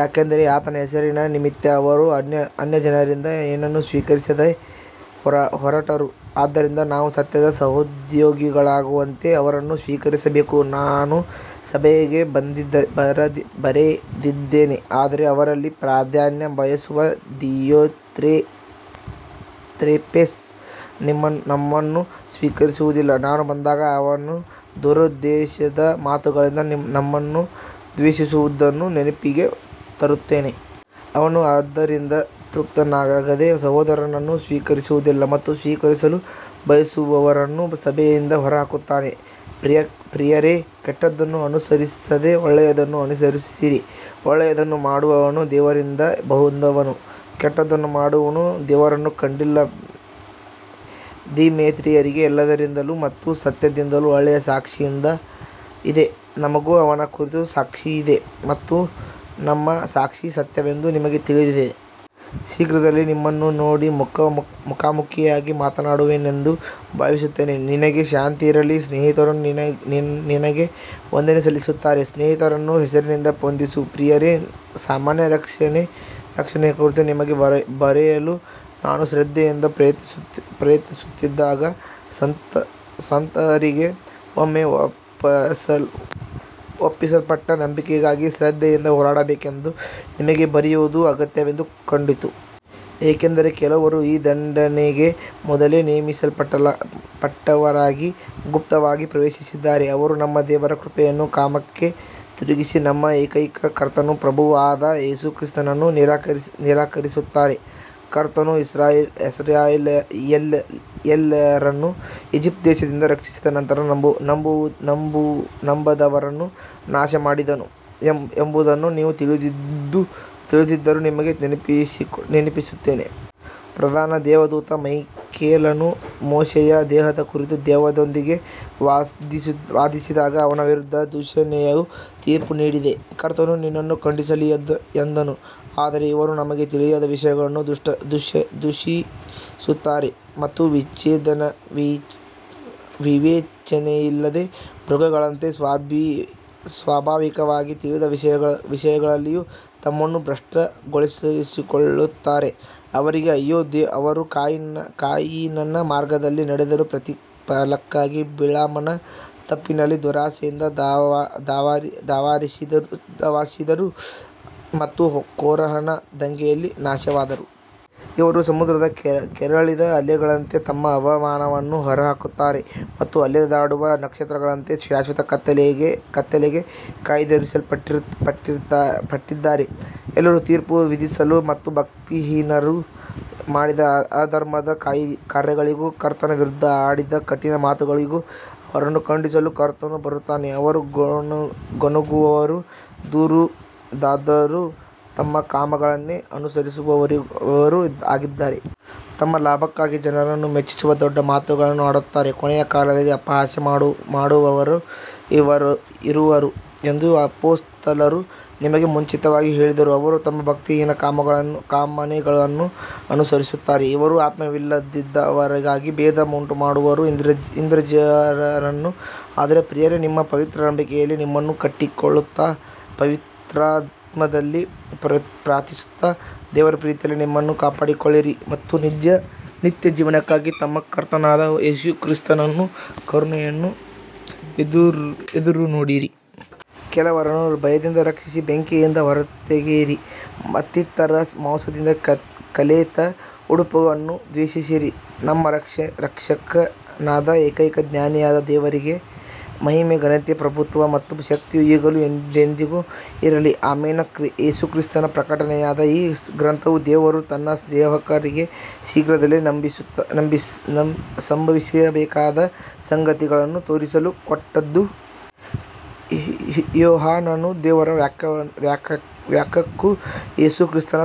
ಯಾಕಂದರೆ ಆತನ ಹೆಸರಿನ ನಿಮಿತ್ತ ಅವರು ಅನ್ಯಜನರಿಂದ ಏನನ್ನೂ ಸ್ವೀಕರಿಸದೆ ಹೊರಟರು. ಆದ್ದರಿಂದ ನಾವು ಸತ್ಯದ ಸಹೋದ್ಯೋಗಿಗಳಾಗುವಂತೆ ಅವರನ್ನು ಸ್ವೀಕರಿಸಬೇಕು. ನಾನು ಸಭೆಗೆ ಬರೆದಿದ್ದೇನೆ, ಆದರೆ ಅವರಲ್ಲಿ ಪ್ರಾಧಾನ್ಯ ಬಯಸುವ ದಿಯೊತ್ರೆಫೇಸ್ ನಮ್ಮನ್ನು ಸ್ವೀಕರಿಸುವುದಿಲ್ಲ. ನಾನು ಬಂದಾಗ ಅವನು ದುರುದ್ದೇಶದ ಮಾತುಗಳಿಂದ ನಮ್ಮನ್ನು ದೂಷಿಸುವುದನ್ನು ನೆನಪಿಗೆ ತರುತ್ತೇನೆ. ಅವನು ಅದರಿಂದ ತೃಪ್ತನಾಗದೆ ಸಹೋದರರನ್ನು ಸ್ವೀಕರಿಸುವುದಿಲ್ಲ ಮತ್ತು ಸ್ವೀಕರಿಸಲು ಬಯಸುವವರನ್ನೂ ಸಭೆಯಿಂದ ಹೊರಹಾಕುತ್ತಾನೆ. ಪ್ರಿಯರೇ, ಕೆಟ್ಟದ್ದನ್ನು ಅನುಸರಿಸದೆ ಒಳ್ಳೆಯದನ್ನು ಅನುಸರಿಸಿರಿ. ಒಳ್ಳೆಯದನ್ನು ಮಾಡುವವನು ದೇವರಿಂದ ಬಂದವನು, ಕೆಟ್ಟದ್ದನ್ನು ಮಾಡುವವನು ದೇವರನ್ನು ಕಂಡಿಲ್ಲ. ದಿಮೇತ್ರಿಯನಿಗೆ ಎಲ್ಲರಿಂದಲೂ ಮತ್ತು ಸತ್ಯದಿಂದಲೂ ಒಳ್ಳೆಯ ಸಾಕ್ಷಿಯಿದೆ. ನಮಗೂ ಅವನ ಕುರಿತು ಸಾಕ್ಷಿಯಿದೆ ಮತ್ತು ನಮ್ಮ ಸಾಕ್ಷಿ ಸತ್ಯವೆಂದು ನಿಮಗೆ ತಿಳಿದಿದೆ. ಶೀಘ್ರದಲ್ಲೇ ನಿನ್ನನ್ನು ನೋಡಿ ಮುಖಾಮುಖಿಯಾಗಿ ಮಾತನಾಡುವೆನೆಂದು ಭಾವಿಸುತ್ತೇನೆ. ನಿನಗೆ ಶಾಂತಿ ಇರಲಿ. ಸ್ನೇಹಿತರು ನಿನಗೆ ವಂದನೆ ಸಲ್ಲಿಸುತ್ತಾರೆ. ಸ್ನೇಹಿತರನ್ನು ಹೆಸರಿನಿಂದ ವಂದಿಸು. ಪ್ರಿಯರೇ, ಸಾಮಾನ್ಯ ರಕ್ಷಣೆಯ ಕುರಿತು ನಿಮಗೆ ಬರೆಯಲು ನಾನು ಶ್ರದ್ಧೆಯಿಂದ ಪ್ರಯತ್ನಿಸುತ್ತಿದ್ದಾಗ, ಸಂತರಿಗೆ ಒಮ್ಮೆ ಒಪ್ಪಿಸಲ್ಪಟ್ಟ ನಂಬಿಕೆಗಾಗಿ ಶ್ರದ್ಧೆಯಿಂದ ಹೋರಾಡಬೇಕೆಂದು ನಿಮಗೆ ಬರೆಯುವುದು ಅಗತ್ಯವೆಂದು ಕಂಡಿತು. ಏಕೆಂದರೆ ಕೆಲವರು ಈ ದಂಡನೆಗೆ ಮೊದಲೇ ನೇಮಿಸಲ್ಪಟ್ಟವರಾಗಿ ಗುಪ್ತವಾಗಿ ಪ್ರವೇಶಿಸಿದ್ದಾರೆ. ಅವರು ನಮ್ಮ ದೇವರ ಕೃಪೆಯನ್ನು ಕಾಮಕ್ಕೆ ತಿರುಗಿಸಿ ನಮ್ಮ ಏಕೈಕ ಕರ್ತನೂ ಪ್ರಭುವೂ ಆದ ಯೇಸು ಕ್ರಿಸ್ತನನ್ನು ನಿರಾಕರಿಸುತ್ತಾರೆ. ಕರ್ತನು ಇಸ್ರಾಯೇಲ್ಯರನ್ನು ಈಜಿಪ್ಟ್ ದೇಶದಿಂದ ರಕ್ಷಿಸಿದ ನಂತರ ನಂಬದವರನ್ನು ನಾಶಮಾಡಿದನು ಎಂಬುದನ್ನು ನೀವು ತಿಳಿದಿದ್ದರೂ ನಿಮಗೆ ನೆನಪಿಸುತ್ತೇನೆ. ಪ್ರಧಾನ ದೇವದೂತ ಮೈಕೇಲನು ಮೋಶೆಯ ದೇಹದ ಕುರಿತು ದೆವ್ವದೊಂದಿಗೆ ವಾದಿಸಿದಾಗ ಅವನ ವಿರುದ್ಧ ದೂಷಣೆಯ ತೀರ್ಪು ನೀಡದೆ, ಕರ್ತನು ನಿನ್ನನ್ನು ಖಂಡಿಸಲಿ ಎಂದನು. ಆದರೆ ಇವರು ತಮಗೆ ತಿಳಿಯದ ವಿಷಯಗಳನ್ನು ದೂಷಿಸುತ್ತಾರೆ ಮತ್ತು ವಿವೇಚನೆಯಿಲ್ಲದ ಮೃಗಗಳಂತೆ ಸ್ವಾಭಾವಿಕವಾಗಿ ತಿಳಿದ ವಿಷಯಗಳಲ್ಲಿಯೂ ತಮ್ಮನ್ನು ಭ್ರಷ್ಟಗೊಳಿಸಿಕೊಳ್ಳುತ್ತಾರೆ. ಅವರಿಗೆ ಅಯ್ಯೋ, ಅವರು ಕಾಯಿನನ ಮಾರ್ಗದಲ್ಲಿ ನಡೆದರು, ಪ್ರತಿಫಲಕ್ಕಾಗಿ ಬಿಳಾಮನ ತಪ್ಪಿನಲ್ಲಿ ದುರಾಶೆಯಿಂದ ಧಾವಿಸಿದರು ಮತ್ತು ಕೋರಹನ ದಂಗೆಯಲ್ಲಿ ನಾಶವಾದರು. ಇವರು ಸಮುದ್ರದ ಕೆರಳಿದ ಅಲೆಗಳಂತೆ ತಮ್ಮ ಅವಮಾನವನ್ನು ಹೊರಹಾಕುತ್ತಾರೆ ಮತ್ತು ಅಲೆದಾಡುವ ನಕ್ಷತ್ರಗಳಂತೆ ಶಾಶ್ವತ ಕತ್ತಲೆಗೆ ಕಾಯ್ದಿರಿಸಲ್ಪಟ್ಟಿದ್ದಾರೆ. ಎಲ್ಲರಿಗೂ ತೀರ್ಪು ವಿಧಿಸಲು ಮತ್ತು ಭಕ್ತಿಹೀನರು ಮಾಡಿದ ಅಧರ್ಮದ ಕಾರ್ಯಗಳಿಗೂ ಕರ್ತನ ವಿರುದ್ಧ ಆಡಿದ ಕಠಿಣ ಮಾತುಗಳಿಗೂ ಅವರನ್ನು ಖಂಡಿಸಲು ಕರ್ತನು ಬರುತ್ತಾನೆ. ಇವರು ಗೊಣಗುವವರೂ ದೂರುದಾರರೂ ತಮ್ಮ ಕಾಮನೆಗಳನ್ನು ಅನುಸರಿಸುವವರೂ ಆಗಿದ್ದಾರೆ. ತಮ್ಮ ಲಾಭಕ್ಕಾಗಿ ಜನರನ್ನು ಮೆಚ್ಚಿಸುವ ದೊಡ್ಡ ಮಾತುಗಳನ್ನು ಆಡುತ್ತಾರೆ. ಕೊನೆಯ ಕಾಲದಲ್ಲಿ ಅಪಹಾಸ್ಯ ಮಾಡುವವರು ಇರುವರು ಎಂದು ಅಪೊಸ್ತಲರು ನಿಮಗೆ ಮುಂಚಿತವಾಗಿ ಹೇಳಿದರು. ಅವರು ತಮ್ಮ ಭಕ್ತಿಹೀನ ಕಾಮನೆಗಳನ್ನು ಅನುಸರಿಸುತ್ತಾರೆ. ಇವರು ಆತ್ಮವಿಲ್ಲದವರಾಗಿ ಭೇದ ಉಂಟುಮಾಡುವ ಇಂದ್ರಿಯಜನರು. ಆದರೆ ಪ್ರಿಯರೇ, ನಿಮ್ಮ ಪವಿತ್ರ ನಂಬಿಕೆಯಲ್ಲಿ ನಿಮ್ಮನ್ನು ಕಟ್ಟಿಕೊಳ್ಳುತ್ತಾ, ಪವಿತ್ರಾತ್ಮದಲ್ಲಿ ಪ್ರಾರ್ಥಿಸುತ್ತಾ, ದೇವರ ಪ್ರೀತಿಯಲ್ಲಿ ನಿಮ್ಮನ್ನು ಕಾಪಾಡಿಕೊಳ್ಳಿರಿ ಮತ್ತು ನಿತ್ಯಜೀವಕ್ಕಾಗಿ ನಮ್ಮ ಕರ್ತನಾದ ಯೇಸು ಕ್ರಿಸ್ತನ ಕರುಣೆಯನ್ನು ಎದುರುನೋಡಿರಿ. ಕೆಲವರನ್ನು ಭಯದಿಂದ ರಕ್ಷಿಸಿ ಬೆಂಕಿಯಿಂದ ಹೊರತೆಗೆಯಿರಿ, ಮತ್ತಿತರರ ಮಾಂಸದಿಂದ ಕಲೆತ ಉಡುಪನ್ನೂ ದ್ವೇಷಿಸಿರಿ. ನಮ್ಮ ರಕ್ಷಕನಾದ ಏಕೈಕ ಜ್ಞಾನಿಯಾದ ದೇವರಿಗೆ ಮಹಿಮೆ, ಘನತೆ, ಪ್ರಭುತ್ವ ಮತ್ತು ಶಕ್ತಿಯು ಈಗಲೂ ಎಂದೆಂದಿಗೂ ಇರಲಿ. ಆಮೆನ್. ಯೇಸು ಕ್ರಿಸ್ತನ ಪ್ರಕಟನೆಯಾದ ಈ ಗ್ರಂಥವು ದೇವರು ತನ್ನ ಸೇವಕರಿಗೆ ಶೀಘ್ರದಲ್ಲೇ ಸಂಭವಿಸಬೇಕಾದ ಸಂಗತಿಗಳನ್ನು ತೋರಿಸಲು ಕೊಟ್ಟದ್ದು. ಯೋಹಾನನು ದೇವರ ವಾಕ್ಯಕ್ಕೂ ಯೇಸು ಕ್ರಿಸ್ತನ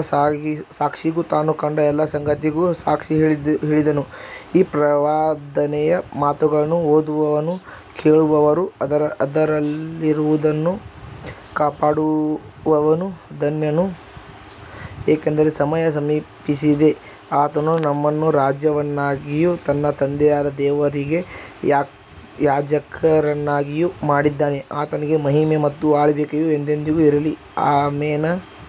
ಸಾಕ್ಷಿಗೂ ತಾನು ಕಂಡ ಎಲ್ಲ ಸಂಗತಿಗಳಿಗೂ ಸಾಕ್ಷಿ ಹೇಳಿದನು. ಈ ಪ್ರವಾದನೆಯ ಮಾತುಗಳನ್ನು ಓದುವವನೂ ಕೇಳುವವರೂ ಅದರಲ್ಲಿರುವುದನ್ನು ಕಾಪಾಡುವವನೂ ಧನ್ಯನು, ಏಕೆಂದರೆ ಸಮಯ ಸಮೀಪಿಸಿದೆ. ಆತನು ನಮ್ಮನ್ನು ರಾಜ್ಯವನ್ನಾಗಿಯೂ ತನ್ನ ತಂದೆಯಾದ ದೇವರಿಗೆ ಯಾಜಕರನ್ನಾಗಿಯೂ ಮಾಡಿದ್ದಾನೆ. ಆತನಿಗೆ ಮಹಿಮೆ ಮತ್ತು ಆಳ್ವಿಕೆಯು ಎಂದೆಂದಿಗೂ ಇರಲಿ. ಆಮೆನ್.